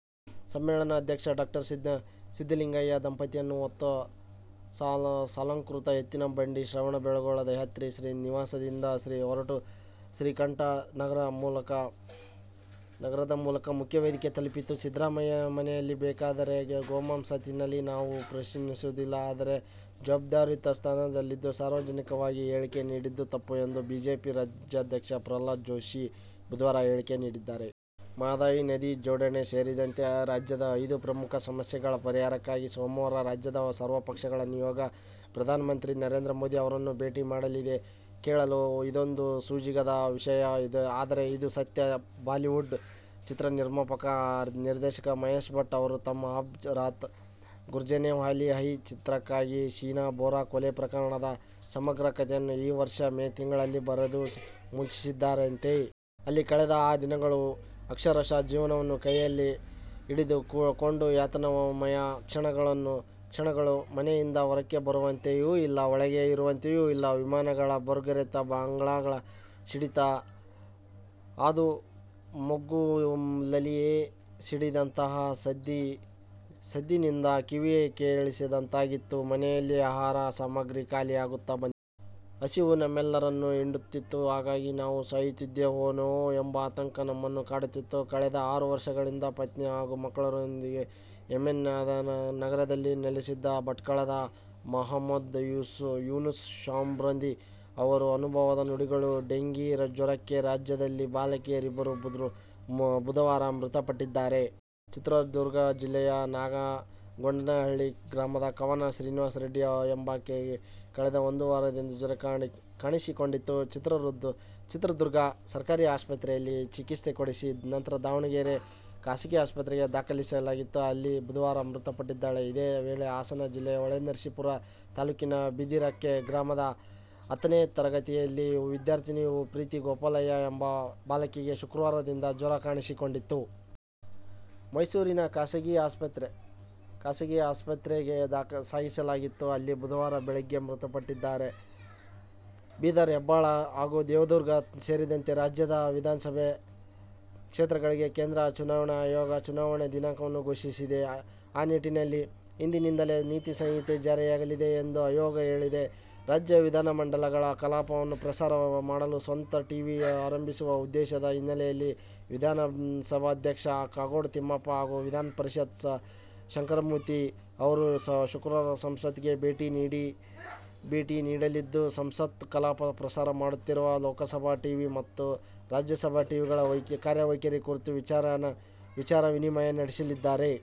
ಸಮ್ಮೇಳನಾಧ್ಯಕ್ಷ ಡಾ ಸಿದ್ಧಲಿಂಗಯ್ಯ ದಂಪತಿಯನ್ನು ಹೊತ್ತ ಸಾಲಂಕೃತ ಎತ್ತಿನ ಬಂಡಿ ಶ್ರವಣಬೆಳಗೊಳದ ಯಾತ್ರಿ ನಿವಾಸದಿಂದ ಹೊರಟು ಶ್ರೀಕಂಠ ನಗರದ ಮೂಲಕ ಮುಖ್ಯ ವೇದಿಕೆ ತಲುಪಿತು. ಸಿದ್ಧರಾಮಯ್ಯ ಮನೆಯಲ್ಲಿ ಬೇಕಾದರೆ ಗೋಮಾಂಸ ತಿನ್ನಲಿ ನಾವು ಪ್ರಶ್ನಿಸುವುದಿಲ್ಲಆದರೆ ಜವಾಬ್ದಾರಿಯುತ ಸ್ಥಾನದಲ್ಲಿದ್ದು ಸಾರ್ವಜನಿಕವಾಗಿ ಹೇಳಿಕೆ ನೀಡಿದ್ದು ತಪ್ಪು ಎಂದು ಬಿಜೆಪಿ ರಾಜ್ಯಾಧ್ಯಕ್ಷ ಪ್ರಹ್ಲಾದ್ ಜೋಷಿ ಬುಧವಾರ ಹೇಳಿಕೆ ನೀಡಿದ್ದಾರೆ. ಮಹದಾಯಿ ನದಿ ಜೋಡಣೆ ಸೇರಿದಂತೆ ರಾಜ್ಯದ ಐದು ಪ್ರಮುಖ ಸಮಸ್ಯೆಗಳ ಪರಿಹಾರಕ್ಕಾಗಿ ಸೋಮವಾರ ರಾಜ್ಯದ ಸರ್ವಪಕ್ಷಗಳ ನಿಯೋಗ ಪ್ರಧಾನಮಂತ್ರಿ ನರೇಂದ್ರ ಮೋದಿ ಅವರನ್ನು ಭೇಟಿ ಮಾಡಲಿದೆ. ಕೇಳಲು ಇದೊಂದು ಸೋಜಿಗದ ವಿಷಯ ಆದರೆ ಇದು ಸತ್ಯ ಬಾಲಿವುಡ್ ಚಿತ್ರ ನಿರ್ಮಾಪಕ, ನಿರ್ದೇಶಕ ಮಹೇಶ್ ಭಟ್ ಅವರು ತಮ್ಮ "ಅಬ್ ರಾತ್ ಗುಜರ್ನೆವಾಲೀ ಹೈ' ಚಿತ್ರಕ್ಕಾಗಿ ಶೀನಾ ಬೋರಾ ಕೊಲೆ ಪ್ರಕರಣದ ಸಮಗ್ರ ಕಥೆಯನ್ನು ಈ ವರ್ಷ ಮೇ ತಿಂಗಳಲ್ಲೇ ಬರೆದು ಮುಗಿಸಿದ್ದಾರಂತೆ! "ಅಲ್ಲಿ ಕಳೆದ ಆ ದಿನಗಳು ಅಕ್ಷರಶಃ ಜೀವವನ್ನು ಕೈಯಲ್ಲಿ ಹಿಡಿದು ಕೊಂಡ ಯಾತನಾಮಯ ಕ್ಷಣಗಳು. ಮನೆಯಿಂದ ಹೊರಕ್ಕೆ ಬರುವಂತೆಯೂ ಇಲ್ಲ, ಒಳಗೆ ಇರುವಂತೆಯೂ ಇಲ್ಲ. ವಿಮಾನಗಳ ಭೋರ್ಗರೆತ, ಬಾಂಬ್ಗಳ ಸಿಡಿತ, ಅದೂ ಮಗ್ಗುಲಲ್ಲಿಯೇ ಸಿಡಿದಂತಹ ಸದ್ದಿನಿಂದ ಕಿವಿಯೇ ಕೇಳಿಸದಂತಾಗಿತ್ತು. ಮನೆಯಲ್ಲಿರುವ ಆಹಾರ ಸಾಮಗ್ರಿ ಖಾಲಿಯಾಗುತ್ತಾ ಬಂದಿತ್ತು. ಹಸಿವು ನಮ್ಮೆಲ್ಲರನ್ನು ಹಿಂಡುತ್ತಿತ್ತು. ಹಾಗಾಗಿ, ನಾವು ಸಾಯುತ್ತಿದ್ದೇವೇನೋ ಎಂಬ ಆತಂಕ ನಮ್ಮನ್ನು ಕಾಡುತ್ತಿತ್ತು'. ಕಳೆದ ಆರು ವರ್ಷಗಳಿಂದ ಪತ್ನಿ ಹಾಗೂ ಮಕ್ಕಳೊಂದಿಗೆ ಯೆಮೆನ್ನ ಆದೆನ್ ನಗರದಲ್ಲಿ ನೆಲೆಸಿದ್ದ ಭಟ್ಕಳದ ಮಹಮ್ಮದ್ ಯೂನೂಸ್ ಶಾಬಂದ್ರಿ ಅವರ ಅನುಭವದ ನುಡಿಗಳು. ಡೆಂಘೀ ಜ್ವರಕ್ಕೆ ರಾಜ್ಯದಲ್ಲಿ ಬಾಲಕಿಯರಿಬ್ಬರು ಬುಧವಾರ ಮೃತಪಟ್ಟಿದ್ದಾರೆ. ಚಿತ್ರದುರ್ಗ ಜಿಲ್ಲೆಯ ನಾಗಗೊಂಡನಹಳ್ಳಿ ಗ್ರಾಮದ ಕವನ ಶ್ರೀನಿವಾಸ ರೆಡ್ಡಿ ಎಂಬಾಕೆಗೆ ಕಳೆದ ಒಂದು ವಾರದಿಂದ ಜ್ವರ ಕಾಣಿಸಿಕೊಂಡಿತ್ತು. ಚಿತ್ರದುರ್ಗ ಸರ್ಕಾರಿ ಆಸ್ಪತ್ರೆಯಲ್ಲಿ ಚಿಕಿತ್ಸೆ ಕೊಡಿಸಿ ನಂತರ ದಾವಣಗೆರೆ ಖಾಸಗಿ ಆಸ್ಪತ್ರೆಗೆ ದಾಖಲಿಸಲಾಗಿತ್ತು. ಅಲ್ಲಿ ಬುಧವಾರ ಮೃತಪಟ್ಟಿದ್ದಾಳೆ. ಇದೇ ವೇಳೆ ಹಾಸನ ಜಿಲ್ಲೆಯ ಹೊಳೆನರಸೀಪುರ ತಾಲೂಕಿನ ಬಿದಿರಕ್ಕ ಗ್ರಾಮದ ಹತ್ತನೇ ತರಗತಿಯಲ್ಲಿ ವಿದ್ಯಾರ್ಥಿನಿ ಪ್ರೀತಿ ಗೋಪಾಲಯ್ಯ ಎಂಬ ಬಾಲಕಿಗೆ ಶುಕ್ರವಾರದಿಂದ ಜ್ವರ ಕಾಣಿಸಿಕೊಂಡಿತ್ತು. ಮೈಸೂರಿನ ಖಾಸಗಿ ಆಸ್ಪತ್ರೆಗೆ ಸಾಗಿಸಲಾಗಿತ್ತು. ಅಲ್ಲಿ ಬುಧವಾರ ಬೆಳಗ್ಗೆ ಮೃತಪಟ್ಟಿದ್ದಾಳೆ. ಬೀದರ್, ಹೆಬ್ಬಾಳ ಹಾಗೂ ದೇವದುರ್ಗ ಸೇರಿದಂತೆ ರಾಜ್ಯದ ವಿಧಾನಸಭಾ ಕ್ಷೇತ್ರಗಳಿಗೆ ಕೇಂದ್ರ ಚುನಾವಣಾ ಆಯೋಗ ಚುನಾವಣಾ ದಿನಾಂಕವನ್ನು ಘೋಷಿಸಿದೆ. ಆ ನಿಟ್ಟಿನಲ್ಲಿ ಇಂದಿನಿಂದಲೇ ನೀತಿ ಸಂಹಿತೆ ಜಾರಿಯಾಗಲಿದೆ ಎಂದು ಆಯೋಗ ಹೇಳಿದೆ. ರಾಜ್ಯ ವಿಧಾನಮಂಡಲಗಳ ಕಲಾಪವನ್ನು ಪ್ರಸಾರ ಮಾಡಲು ಸ್ವಂತ ಟಿವಿ ಆರಂಭಿಸುವ ಉದ್ದೇಶದ ಹಿನ್ನೆಲೆಯಲ್ಲಿ ವಿಧಾನಸಭಾಧ್ಯಕ್ಷ ಕಾಗೋಡು ತಿಮ್ಮಪ್ಪ ಹಾಗೂ ವಿಧಾನಪರಿಷತ್ ಸಭಾಪತಿ ಶಂಕರಮೂರ್ತಿ ಅವರು ಶುಕ್ರವಾರ ಸಂಸತ್ಗೆ ಭೇಟಿ ನೀಡಲಿದ್ದು, ಸಂಸತ್ ಕಲಾಪ ಪ್ರಸಾರ ಮಾಡುತ್ತಿರುವ ಲೋಕಸಭಾ ಟಿವಿ ಮತ್ತು ರಾಜ್ಯಸಭಾ ಟಿವಿಗಳ ಕಾರ್ಯವೈಖರಿ ಕುರಿತು ವಿಚಾರ ವಿನಿಮಯ ನಡೆಸಲಿದ್ದಾರೆ.